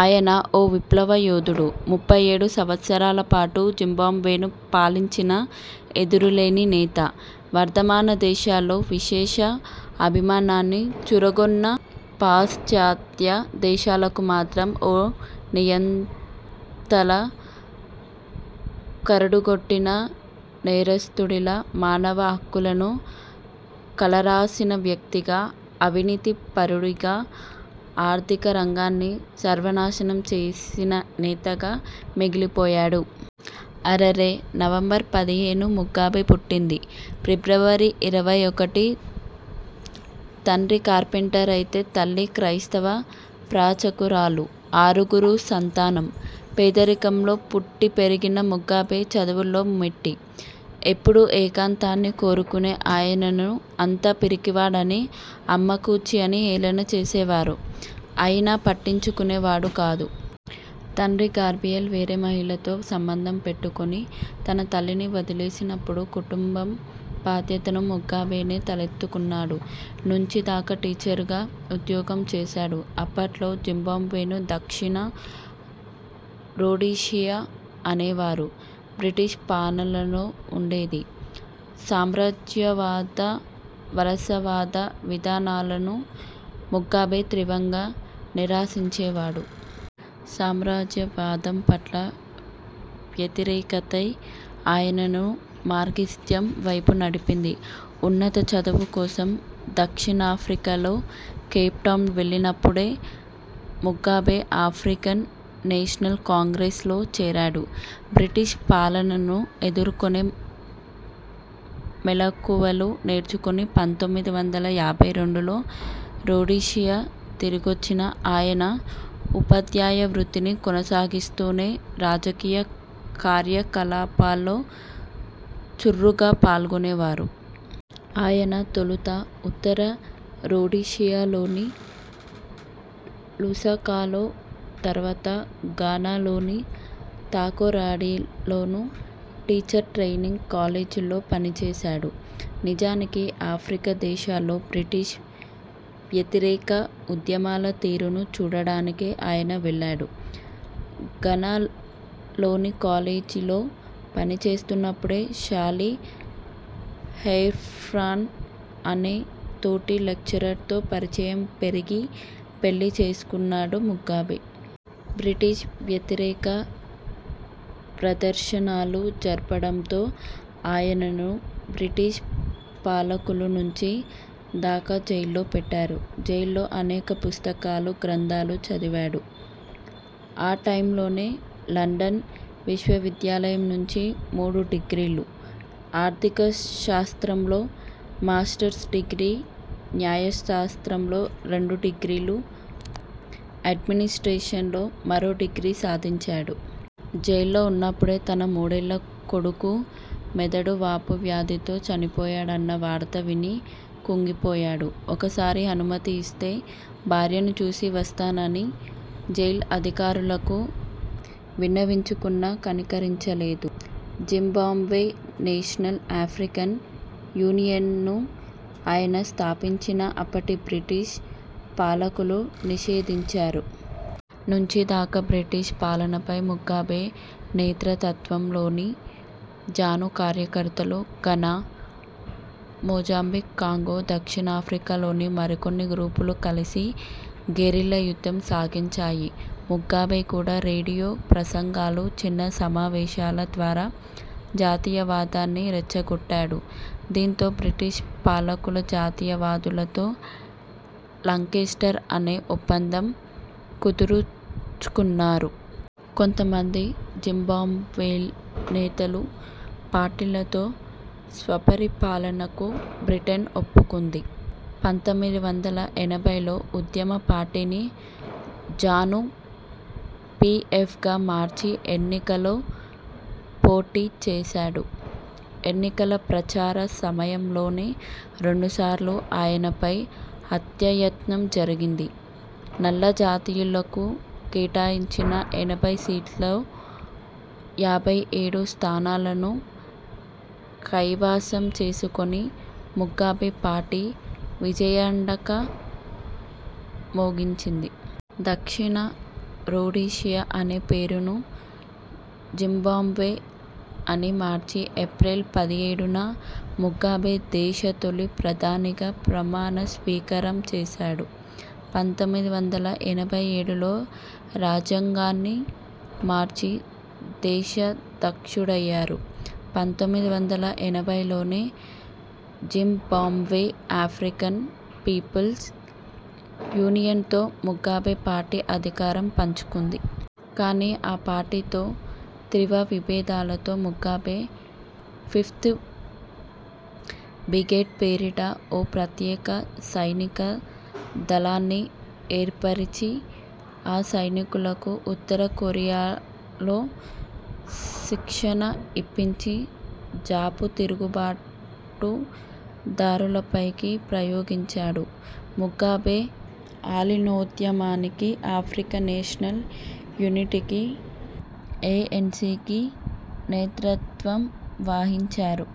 ఆయన ఓ విప్లవ యోధుడు. ముప్పై ఏడు సంవత్సరాల పాటు జింబాబ్వేను పాలించిన ఎదురులేని నేత. వర్థమాన దేశాల్లో విశేష అభిమానాన్ని చూరగొన్నా పాశ్చాత్య దేశాలకు మాత్రం ఓ నియంతలా, కరడుగట్టిన నేరస్తుడిలా, మానవ హక్కులను కాలరాసిన వ్యక్తిగా, అవినీతి పరుడిగా, ఆర్థిక రంగాన్ని సర్వనాశనం చేసిన నేతగా మిగిలిపోయాడు. హరారే, నవంబర్ పదిహేను ముగాబే పుట్టింది ఫిబ్రవరి ఇరవై ఒకటి. తండ్రి కార్పెంటరైతే తల్లి క్రైస్తవ ప్రాచకురాలు. ఆరుగురు సంతానం. పేదరికంలో పుట్టి పెరిగిన ముగాబే చదువుల్లో మేటి. ఎప్పుడూ ఏకాంతాన్ని కోరుకునే ఆయనను అంతా పిరికివాడని, అమ్మ కూచి అని హేళన చేసేవారు. అయినా పట్టించుకునే వాడు కాదు. తండ్రి గాబ్రియల్ వేరే మహిళతో సంబంధం పెట్టుకొని తన తల్లిని వదిలేసినపుడు కుటుంబం బాధ్యతను ముగాబేనే తలకెత్తుకున్నాడు. నుంచి దాకా టీచర్గా ఉద్యోగం చేశాడు. అప్పట్లో జింబాబ్వేను దక్షిణ రొడీషియా అనేవారు. బ్రిటిష్ పాలనలో ఉండేది. సామ్రాజ్యవాద, వలస వాద విధానాలను ముగాబే తీవ్రంగా నిరసించేవాడు. సామ్రాజ్యవాదం పట్ల వ్యతిరేకతే ఆయనను మార్క్సిజం వైపు నడిపింది. ఉన్నత చదువు కోసం దక్షిణాఫ్రికాలోని కేప్టౌన్ వెళ్ళినపుడే ముగాబే ఆఫ్రికన్ నేషనల్ కాంగ్రెస్ లో చేరాడు. బ్రిటిష్ పాలనను ఎదుర్కొనే మెళకువలు నేర్చుకుని పంతొమ్మిది వందల యాభై రెండులో రొడీషియా తిరిగొచ్చిన ఆయన ఉపాధ్యాయ వృత్తిని కొనసాగిస్తూనే రాజకీయ కార్యకలాపాల్లో చుర్రుగ పాల్గొనేవారు. ఆయన తొలుత ఉత్తర రొడీషియాలోని లుసాకాలో, తర్వాత ఘనాలోని తాకొరాడిలోనూ టీచర్ ట్రైనింగ్ కాలేజీల్లో పనిచేశాడు. నిజానికి ఆఫ్రికా దేశాల్లో బ్రిటిష్ వ్యతిరేక ఉద్యమాల తీరును చూడడానికే ఆయన వెళ్ళాడు. ఘనా లోని కాలేజీలో పని చేస్తున్నపుడే శాలీ హేఫ్రాన్ అనే తోటి లెక్చరర్తో పరిచయం పెరిగి పెళ్లి చేసుకున్నాడు ముగాబే. బ్రిటిష్ వ్యతిరేక ప్రదర్శనలు జరపడంతో ఆయనను బ్రిటిష్ పాలకులు నుంచి దాకా జైల్లో పెట్టారు. జైల్లో అనేక పుస్తకాలు, గ్రంథాలు చదివాడు. ఆ టైమ్లోనే లండన్ విశ్వవిద్యాలయం నుంచి మూడు డిగ్రీలు, ఆర్థిక శాస్త్రంలో మాస్టర్స్ డిగ్రీ, న్యాయశాస్త్రంలో రెండు డిగ్రీలు, అడ్మినిస్ట్రేషన్లో మరో డిగ్రీ సాధించాడు. జైల్లో ఉన్నపుడే తన మూడేళ్ళ కొడుకు మెదడు వాపు వ్యాధితో చనిపోయాడన్న వార్త విని కుంగిపోయాడు. ఒకసారి అనుమతి ఇస్తే భార్యను చూసి వస్తానని జైలు అధికారులకు విన్నవించుకున్నా కనికరించలేదు. జింబాబ్వే నేషనల్ ఆఫ్రికన్ యూనియన్ ను ఆయన స్థాపించినా అప్పటి బ్రిటిష్ పాలకులు నిషేధించారు. నుంచి దాకా బ్రిటిష్ పాలనపై ముగాబే నేతృతత్వంలోని జాను కార్యకర్తలు, ఘనా, మొజాంబిక్, కాంగో, దక్షిణాఫ్రికాల్లోని మరికొన్ని గ్రూపులు కలిసి గెరిల్లా యుద్ధం సాగించాయి. ముగాబే కూడా రేడియో ప్రసంగాలు, చిన్న సమావేశాల ద్వారా జాతీయవాదాన్ని రెచ్చగొట్టాడు. దీంతో బ్రిటిష్ పాలకులు జాతీయ వాదులతో లాంకెస్టర్ అనే ఒప్పందం కుదుర్చుకున్నారు. కొంతమంది జింబాబ్వే నేతలు, పార్టీలతో స్వపరిపాలనకు బ్రిటన్ ఒప్పుకుంది. పంతొమ్మిది వందల ఎనభైలో ఉద్యమ పార్టీని ''జాను-పిఎఫ్'' గా మార్చి ఎన్నికల్లో పోటీచేశాడు. ఎన్నికల ప్రచార సమయంలోనే రెండుసార్లు ఆయనపై హత్యాయత్నం జరిగింది. నల్ల జాతీయులకు కేటాయించిన ఎనభై సీట్లలో యాభై ఏడు స్థానాలను కైవాసం చేసుకుని ముగాబే పార్టీ విజయాఢకా మోగించింది. దక్షిణ రొడీషియా అనే పేరును జింబాబ్వే అని మార్చి ఏప్రిల్ పదిహేడున ముగాబే దేశ తొలి ప్రధానిగా ప్రమాణ స్వీకారం చేశాడు. పంతొమ్మిది వందల ఎనభై ఏడులో రాజ్యాంగాన్ని మార్చి దేశాధ్యక్షుడయ్యారు. పంతొమ్మిది వందల ఎనభైలోనే జింబాబ్వే ఆఫ్రికన్ పీపుల్స్ యూనియన్ తో ముగాబే పార్టీ అధికారం పంచుకుంది. కానీ ఆ పార్టీతో తీవ్ర విభేదాలతో ముగాబే ఫిఫ్త్ బీగేడ్ పేరిట ఓ ప్రత్యేక సైనిక దళాన్ని ఏర్పరిచి, ఆ సైనికులకు ఉత్తర కొరియాలో శిక్షణ ఇప్పించి జాపు తిరుగుబాటు దారులపైకి ప్రయోగించాడు. ముగాబే అలీనోద్యమానికి, ఆఫ్రికన్ నేషనల్ యూనిటీకి, ఏఎన్సీకి నేతృత్వం వాహించారు.